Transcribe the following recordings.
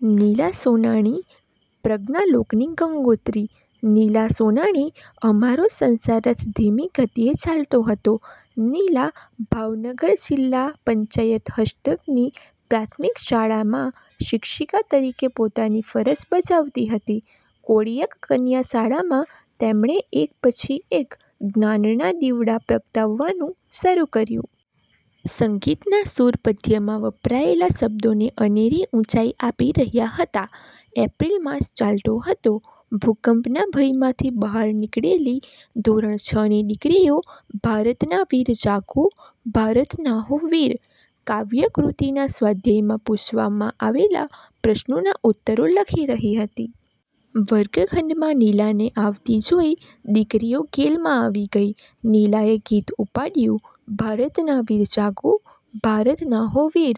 નીલા સોનાણી પ્રજ્ઞાલોકની ગંગોત્રી: નીલા સોનાણી અમારો સંસાર-રથ ધીમી ગતિએ ચાલતો હતો. નીલા ભાવનગર જીલ્લા પંચાયત હસ્તકની પ્રાથમિક શાળામાં શિક્ષિકા તરીકે પોતાની ફરજ બજાવતી હતી. કોળિયાક કન્યા શાળામાં તેમણે એક પછી એક જ્ઞાનના દીવડા પ્રગટાવવાનું શરુ કર્યું. સંગીતના સુર પદ્યમાં વપરાયેલા શબ્દોને અનેરી ઉંચાઈ આપી રહ્યા હતા. એપ્રીલ માસ ચાલતો હતો. ભૂકંપના ભયમાંથી બહાર નિકળેલી ધોરણ છ ની દીકરીઓ "ભારતના વીર જાગો, ભારતના હો વીર" કાવ્ય કૄતિના સ્વાધ્યાયમાં પૂછવામાં આવેલા પ્રશ્નોના ઉત્તરો લખી રહી હતી. વર્ગ-ખંડમાં નીલાને આવતી જોઈ દીકરીઓ ગેલમાં આવી ગઈ. નીલાએ ગીત ઉપાડ્યું, "ભારતના વીર જાગો, ભારતના હો વીર,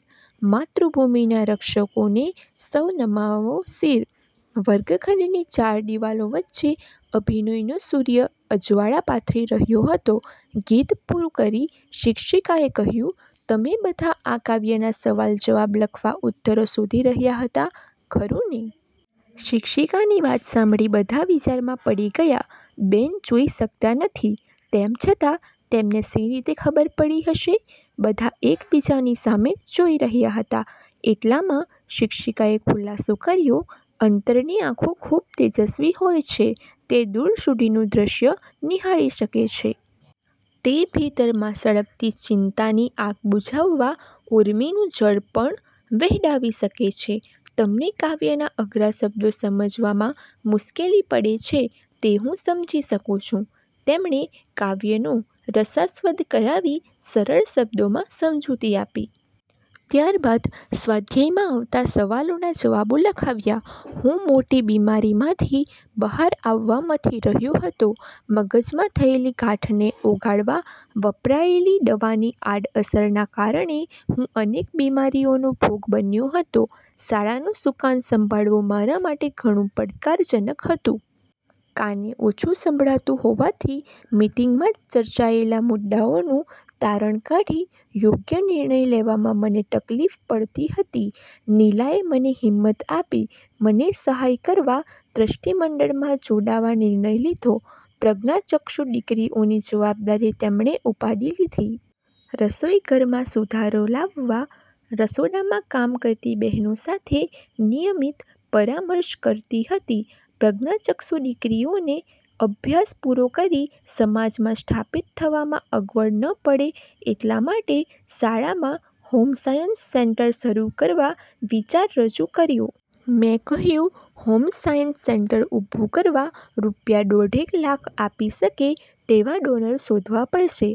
માતૄભૂમિના રક્ષકોને સૌ નમાવો શીર" વર્ગખંડની ચાર દિવાલો વચ્ચે અભિનયનો સૂર્ય અજવાળા પાથરી રહ્યો હતો. ગીત પુરું કરી, શિક્ષિકાએ કહ્યું, "તમે બધાં આ કાવ્યના સવાલ જવાબ લખવા ઉત્તરો શોધી રહ્યા હતા, ખરું ને!" શિક્ષિકાની વાત સાંભળી બધાં વિચારમાં પડી ગયા. બેન જોઈ શકતા નથી, તેમ છતાં તેમને શી રીતે ખબર પડી હશે? બધાં એક બીજાની સામે જોઈ રહ્યા હતા. એટલામાં શિક્ષિકાએ ખૂલાસો કર્યો, "અંતરની આંખો ખૂબ તેજસ્વી હોય છે, તે દૂર સુધીનું દૃશ્ય નિહાળી શકે છે. તે ભીતરમાં સળગતી ચિંતાની આગ બુજાવવા ઉર્મિનું જળ પણ વહેડાવી શકે છે. તમને કાવ્યના અઘરા શબ્દો સમજવામાં મુશ્કેલી પડે છે, તે હું સમજી શકું છું." તેમણે કાવ્યનો રસાસ્વાદ કરાવી સરળ શબ્દોમાં સમજુતિ આપી. ત્યારબાદ સ્વાધ્યાયમાં આવતા સવાલોના જવાબો લખાવ્યા. હું મોટી બીમારીમાંથી બહાર આવવા મથી રહ્યો હતો. મગજમાં થયેલી ગાંઠને ઓગાળવા વપરાયલી દવાની આડ અસરના કારણે હું અનેક બીમારીઓનો ભોગ બન્યો હતો. શાળાનું સુકાન સંભાળવું મારા માટે ઘણું પડકારજનક હતું. કાને ઓછુ સંભળાતું હોવાથી મિટિંગમાં ચર્ચાયેલા મુદ્દાઓનું તારણ કાઢી યોગ્ય નિર્ણય લેવામાં મને તકલીફ પડતી હતી. નીલાએ મને હિંમત આપી મને સહાય કરવા ટ્રસ્ટીમંડળમાં જોડાવા નિર્ણય લીધો. પ્રજ્ઞાચક્ષુ દીકરીઓની જવાબદારી તેમણે ઉપાડી લીધી. રસોઈઘરમાં સુધારો લાવવા, રસોડામાં કામ કરતી બહેનો સાથે નિયમિત પરામર્શ કરતી હતી. પ્રજ્ઞાચક્ષુ દીકરીઓને અભ્યાસ પુરો કરી સમાજમાં સ્થાપીત થવામાં અગવડ ન પડે એટલા માટે શાળામાં હોમસાયન્સ સેન્ટર શરુ કરવા વિચાર રજુ કર્યો. મેં કહ્યું, "હોમસાયન્સ સેન્ટર ઊભુ કરવા રૂપિયા દોઢેક લાખ આપી શકે તેવા ડોનર શોધવા પડશે."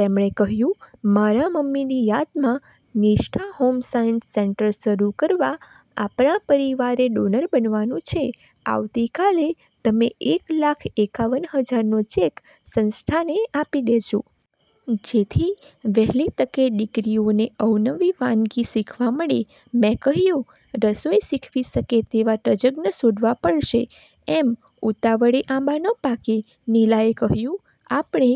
તેમણે કહ્યું, "મારા મમ્મીની યાદમાં "નિષ્ઠા હોમસાયન્સ" સેન્ટર શરુ કરવા આપણા પરિવારે ડોનર બનવાનું છે. આવતી કાલે તમે એક લાખ એકાવન હજારનો ચેક સંસ્થાને આપી દેજો. જેથી વહેલી તકે દીકરીઓને અવનવી વાનગી શીખવા મળે." મેં કહ્યું, "રસોઈ શીખવી શકે તેવા તજજ્ઞ શોધવા પડશે એમ ઉતાવળે આંબા ન પાકે." નીલાએ કહ્યું, "આપણે